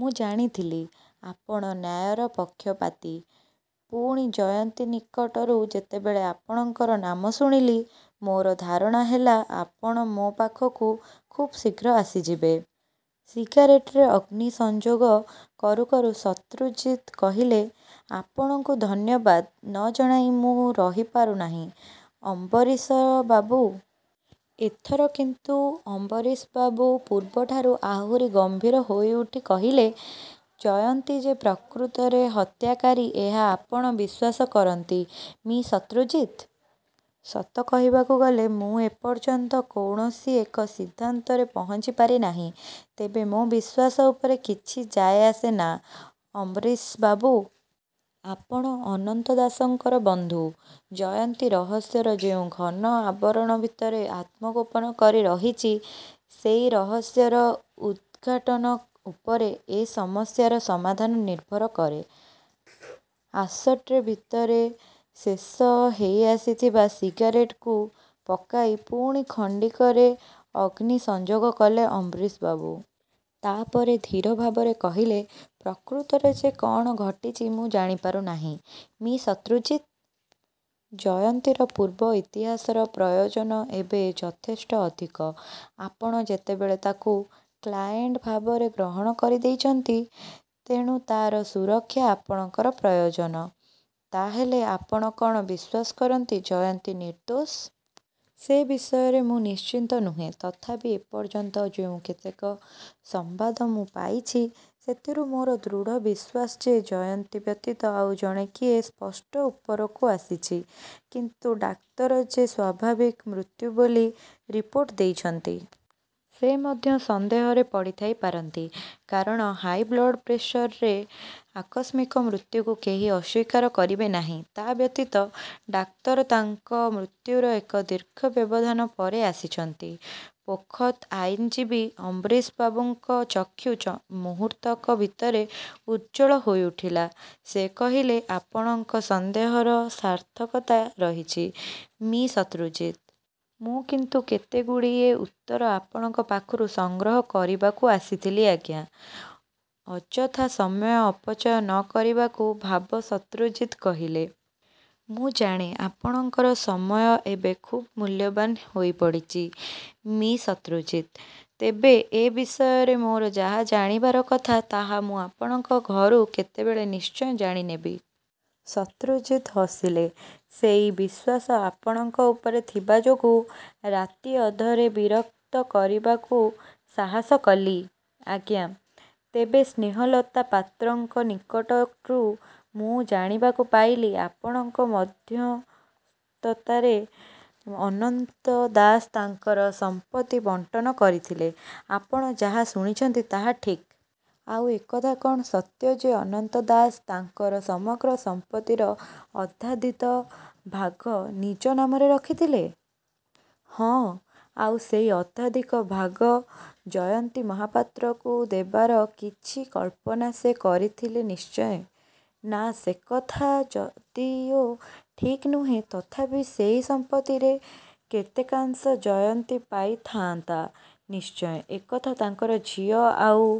ମୁଁ ଜାଣିଥିଲି, ଆପଣ ନ୍ୟାୟର ପକ୍ଷପାତୀ। ପୁଣି ଜୟନ୍ତୀ ନିକଟରୁ ଯେତେବେଳେ ଆପଣଙ୍କର ନାମ ଶୁଣିଲି, ମୋର ଧାରଣା ହେଲା ଆପଣ ମୋ ପାଖକୁ ଖୁବ୍ ଶୀଘ୍ର ଆସିଯିବେ। ' ସିଗାରେଟରେ ଅଗ୍ନିସଂଯୋଗ କରୁ କରୁ ଶତ୍ରୁଜିତ କହିଲେ, 'ଆପଣଙ୍କୁ ଧନ୍ୟବାଦ ନ ଜଣାଇ ମୁଁ ରହିପାରୁନାହିଁ, ଅମ୍ବରୀଶବାବୁ। ଏଥର କିନ୍ତୁ ଅମ୍ବରୀଶବାବୁ ପୂର୍ବଠାରୁ ଆହୁରି ଗମ୍ଭୀର ହୋଇଉଠି କହିଲେ 'ଜୟନ୍ତୀ ଯେ ପ୍ରକୃତରେ ହତ୍ୟାକାରୀ ଏହା ଆପଣ ବିଶ୍ୱାସ କରନ୍ତି, ମି: ଶତ୍ରୁଜିତ? ' 'ସତ କହିବାକୁ ଗଲେ ମୁଁ ଏପର୍ଯ୍ୟନ୍ତ କୌଣସି ଏକ ସିଦ୍ଧାନ୍ତରେ ପହଞ୍ଚିପାରିନାହିଁ। ତେବେ ମୋ ବିଶ୍ୱାସ ଉପରେ କିଛି ଯାଏ ଆସେ ନା, ଅମ୍ବରୀଶବାବୁ! ଆପଣ ଅନନ୍ତ ଦାସଙ୍କର ବନ୍ଧୁ। ଜୟନ୍ତୀ ରହସ୍ୟର ଯେଉଁ ଘନ ଆବରଣ ଭିତରେ ଆତ୍ମଗୋପନ କରି ରହିଛି, ସେଇ ରହସ୍ୟର ଉଦ୍ଘାଟନ ଉପରେ ଏ ସମସ୍ୟାର ସମାଧାନ ନିର୍ଭର କରେ। ' ଆସଟ୍ରେ ଭିତରେ ଶେଷ ହେଇଆସିଥିବା ସିଗାରେଟକୁ ପକାଇ ପୁଣି ଖଣ୍ଡିକରେ ଅଗ୍ନି ସଂଯୋଗ କଲେ ଅମ୍ବରୀଶବାବୁ। ତା'ପରେ ଧୀର ଭାବରେ କହିଲେ, 'ପ୍ରକୃତରେ ଯେ କ'ଣ ଘଟିଛି ମୁଁ ଜାଣିପାରୁନାହିଁ, ମି: ଶତ୍ରୁଜିତ! ' 'ଜୟନ୍ତୀର ପୂର୍ବ ଇତିହାସର ପ୍ରୟୋଜନ ଏବେ ଯଥେଷ୍ଟ ଅଧିକ। ଆପଣ ଯେତେବେଳେ ତାକୁ କ୍ଲାଏଣ୍ଟ ଭାବରେ ଗ୍ରହଣ କରିଦେଇଛନ୍ତି, ତେଣୁ ତା'ର ସୁରକ୍ଷା ଆପଣଙ୍କର ପ୍ରୟୋଜନ। ' 'ତା'ହେଲେ ଆପଣ କ'ଣ ବିଶ୍ୱାସ କରନ୍ତି ଜୟନ୍ତୀ ନିର୍ଦ୍ଦୋଷ? ' 'ସେ ବିଷୟରେ ମୁଁ ନିଶ୍ଚିତ ନୁହେଁ। ତଥାପି ଏପର୍ଯ୍ୟନ୍ତ ଯୋଉ କେତେକ ସମ୍ବାଦ ମୁଁ ପାଇଛି ସେଥିରୁ ମୋର ଦୃଢ ବିଶ୍ୱାସ ଯେ ଜୟନ୍ତୀ ବ୍ୟତୀତ ଆଉ ଜଣେ କିଏ ସ୍ପଟ୍ ଉପରକୁ ଆସିଛି। ' 'କିନ୍ତୁ ଡାକ୍ତର ଯେ ସ୍ୱାଭାବିକ ମୃତ୍ୟୁ ବୋଲି ରିପୋର୍ଟ ଦେଇଛନ୍ତି! ' 'ସେ ମଧ୍ୟ ସନ୍ଦେହରେ ପଡ଼ିଥାଇପାରନ୍ତି। କାରଣ ହାଇବ୍ଲଡ୍ପ୍ରେସରରେ ଆକସ୍ମିକ ମୃତ୍ୟୁକୁ କେହି ଅସ୍ୱୀକାର କରିବେ ନାହିଁ। ତା' ବ୍ୟତୀତ ଡାକ୍ତର ତାଙ୍କ ମୃତ୍ୟୁର ଏକ ଦୀର୍ଘ ବ୍ୟବଧାନ ପରେ ଆସିଛନ୍ତି। ' ପୋଖତ ଆଇନଜୀବୀ ଅମ୍ବରୀଶବାବୁଙ୍କ ଚକ୍ଷୁ ମୁହୂର୍ତ୍ତକ ଭିତରେ ଉଜ୍ଜ୍ୱଳ ହୋଇଉଠିଲା-। ସେ କହିଲେ, 'ଆପଣଙ୍କ ସନ୍ଦେହର ସାର୍ଥକତା ରହିଛି, ମି: ଶତ୍ରୁଜିତ! ' 'ମୁଁ କିନ୍ତୁ କେତେଗୁଡ଼ିଏ ଉତ୍ତର ଆପଣଙ୍କ ପାଖରୁ ସଂଗ୍ରହ କରିବାକୁ ଆସିଥିଲି, ଆଜ୍ଞା! ' ଅଯଥା ସମୟ ଅପଚୟ ନ କରିବାକୁ ଭାବ ଶତ୍ରୁଜିତ କହିଲେ। 'ମୁଁ ଜାଣେ ଆପଣଙ୍କର ସମୟ ଏବେ ଖୁବ୍ ମୂଲ୍ୟବାନ ହୋଇପଡ଼ିଚି, ମି: ଶତ୍ରୁଜିତ! ତେବେ ଏ ବିଷୟରେ ମୋର ଯାହା ଜାଣିବାର କଥା, ତାହା ମୁଁ ଆପଣଙ୍କ ଘରୁ କେତେବେଳେ ନିଶ୍ଚୟ ଜାଣିନେବି। ' ଶତ୍ରୁଜିତ ହସିଲେ, ସେଇ ବିଶ୍ୱାସ ଆପଣଙ୍କ ଉପରେ ଥିବାଯୋଗୁଁ ରାତିଅଧରେ ବିରକ୍ତ କରିବାକୁ ସାହସ କଲି, ଆଜ୍ଞା! ତେବେ ସ୍ନେହଲତା ପାତ୍ରଙ୍କ ନିକଟରୁ ମୁଁ ଜାଣିବାକୁ ପାଇଲି, ଆପଣଙ୍କ ମଧ୍ୟସ୍ଥତାରେ ଅନନ୍ତ ଦାସ ତାଙ୍କର ସମ୍ପତ୍ତି ବଣ୍ଟନ କରିଥିଲେ। ' 'ଆପଣ ଯାହା ଶୁଣିଛନ୍ତି, ତାହା ଠିକ୍। ' 'ଆଉ ଏକଥା କ'ଣ ସତ୍ୟ ଯେ ଅନନ୍ତ ଦାସ ତାଙ୍କର ସମଗ୍ର ସମ୍ପତ୍ତିର ଅର୍ଦ୍ଧାଧିକ ଭାଗ ନିଜ ନାମରେ ରଖିଥିଲେ? ' 'ହଁ। ' 'ଆଉ ସେଇ ଅର୍ଦ୍ଧାଧିକ ଭାଗ ଜୟନ୍ତୀ ମହାପାତ୍ରକୁ ଦେବାର କିଛି କଳ୍ପନା ସେ କରିଥିଲେ ନିଶ୍ଚୟ। ' 'ନା, ସେକଥା ଯଦିଓ ଠିକ୍ ନୁହେଁ, ତଥାପି ସେଇ ସମ୍ପତ୍ତିରେ କେତେକାଂଶ ଜୟନ୍ତୀ ପାଇଥାଆନ୍ତା ନିଶ୍ଚୟ। ' 'ଏକଥା ତାଙ୍କର ଝିଅ ଆଉ